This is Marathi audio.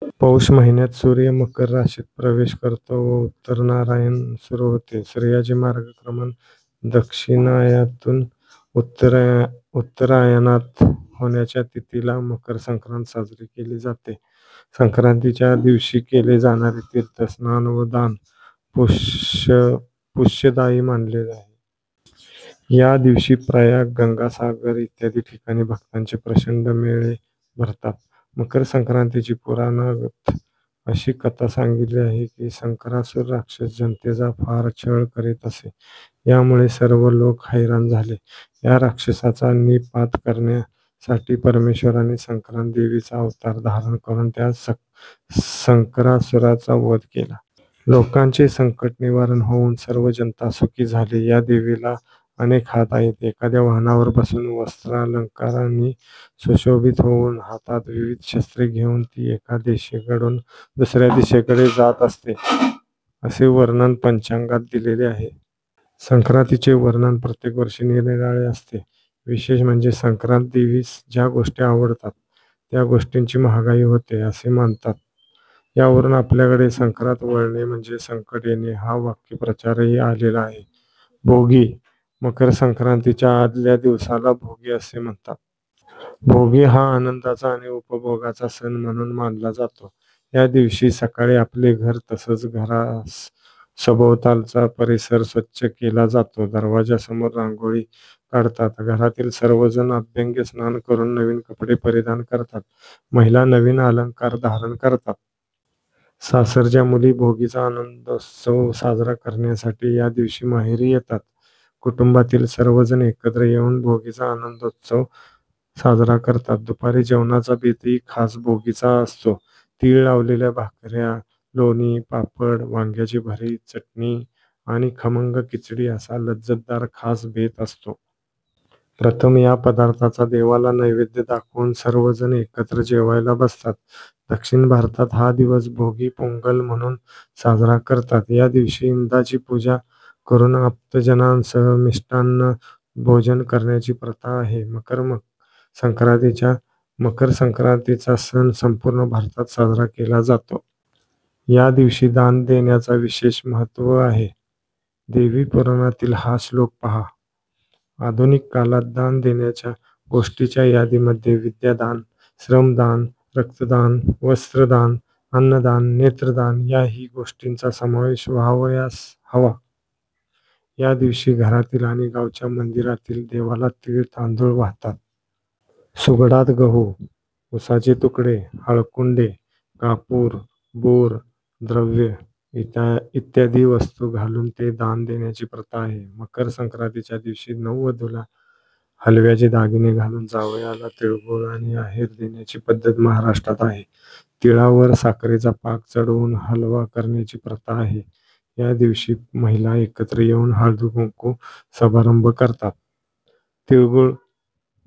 पौष महिन्यात सुर्य मकर राशीत प्रवेश करतो व उत्तरायण सुरू होते. सूर्याचे मार्गक्रमण दक्षिणायानातून उत्तरायणात होण्याच्या तिथीला मकर संक्रांत साजरी केली जाते. संक्रांतीच्या दिवशी केले जाणारे तीर्थ स्नान व दान पुष्यदायी मानले आहे. या दिवशी प्रयाग, गंगासागर इत्यादी ठिकाणी भक्तांचे प्रचंड मेळे भरतात. मकरसंक्रांतीची पुराणात अशी कथा सांगितली आहे की संकरासुर राक्षस जनतेचा फार छळ करीत असे यामुळे सर्व लोक हैराण झाले. या राक्षसाचा नि:पात करण्यासाठी परमेश्वराने संक्रांत देवीचा अवतार धारण करून त्या संकरासुराचा वध केला. लोकांचे संकट निवारण होउन सर्व जनता सुखी झाली. या देवीला अनेक हात आहेत. एखाद्या वाहनावर बसून वस्त्रालंकारानी सुशोभित होऊन, हातात विविध शस्त्रे घेऊन ती एका दिशेकडून दुसरया दिशेकडे जात असते असे वर्णन पंचांगात दिलेले आहे. संक्रांतीचे वर्णन प्रत्येक वर्षी निरनिराळे असते. विशेष म्हणजे संक्रांत देवीस ज्या गोष्टी आवडतात त्या गोष्टींची महागाई होते असे मानतात यावरून आपल्याकडे संक्रांत वळणे म्हणजे संकट येणे हा वाक्प्रचारही आलेला आहे. भोगी: मकर संक्रांतीच्या आदल्या दिवसाला भोगी असे म्हणतात. भोगी हा आनंदाचा आणि उपभोगाचा सण म्हणून मानला जातो. या दिवशी सकाळी आपले घर तसंच घरासभोवतालचा परिसर स्वच्छ केला जातो. दरवाजासमोर रांगोळी काढतात. घरातील सर्व जण अभ्यंगस्नान करून नवीन कपडे परिधान करतात. महिला नवीन अलंकार धारण करतात. सासरच्या मुली भोगीचा आनंदोत्सव साजरा करण्यासाठी या दिवशी माहेरी येतात. कुटुंबातील सर्वजण एकत्र येऊन भोगीचा आनंदोत्सव साजरा करतात. दुपारी जेवणाचा बेतही खास भोगीचा असतो. तीळ लावलेल्या भाकऱ्या, लोणी, पापड, वांग्याचे भरीत, चटणी आणि खमंग खिचडी असा लज्जतदार खास बेत असतो. प्रथम या पदार्थाचा देवाला नैवेद्य दाखवून सर्वजण एकत्र जेवायला बसतात. दक्षिण भारतात हा दिवस भोगी पोंगल म्हणून साजरा करतात. या दिवशी इंदाची पूजा करून आप्तजनांसह मिष्टान्न भोजन करण्याची प्रथा आहे. मकर संक्रांती: मकर संक्रांतीचा सण संपूर्ण भारतात साजरा केला जातो. या दिवशी दान देण्याला विशेष महत्त्व आहे. देवीपुराणातील हा श्लोक पहा. आधुनिक कालात दान देण्याच्या गोष्टींच्या यादीमध्ये विद्यादान, श्रमदान, रक्तदान, वस्त्रदान, अन्नदान, नेत्रदान याही गोष्टींचा समावेश व्हावयास हवा. यादिवशी घरातील आणि गावच्या मंदिरातील देवाला तीळ-तांदुळ वाहतात. सुगडात गहू, उसाचे तुकडे, हळकुंडे, कापूर, बोरं, दव्य इत्यादी वस्तू घालून ते दान देण्याची प्रथा आहे. मकर संक्रांतीच्या दिवशी नववधूला हलव्याचे दागिने घालून जावयाला तिळगूळ आणि आहेर देण्याची पद्धत महाराष्ट्रात आहे. तिळावर साखरेचा पाक चढवून हलवा करण्याची प्रथा आहे. या दिवशी महिला एकत्र येऊन हळदीकुंकू समारंभ करतात, तिळगुळ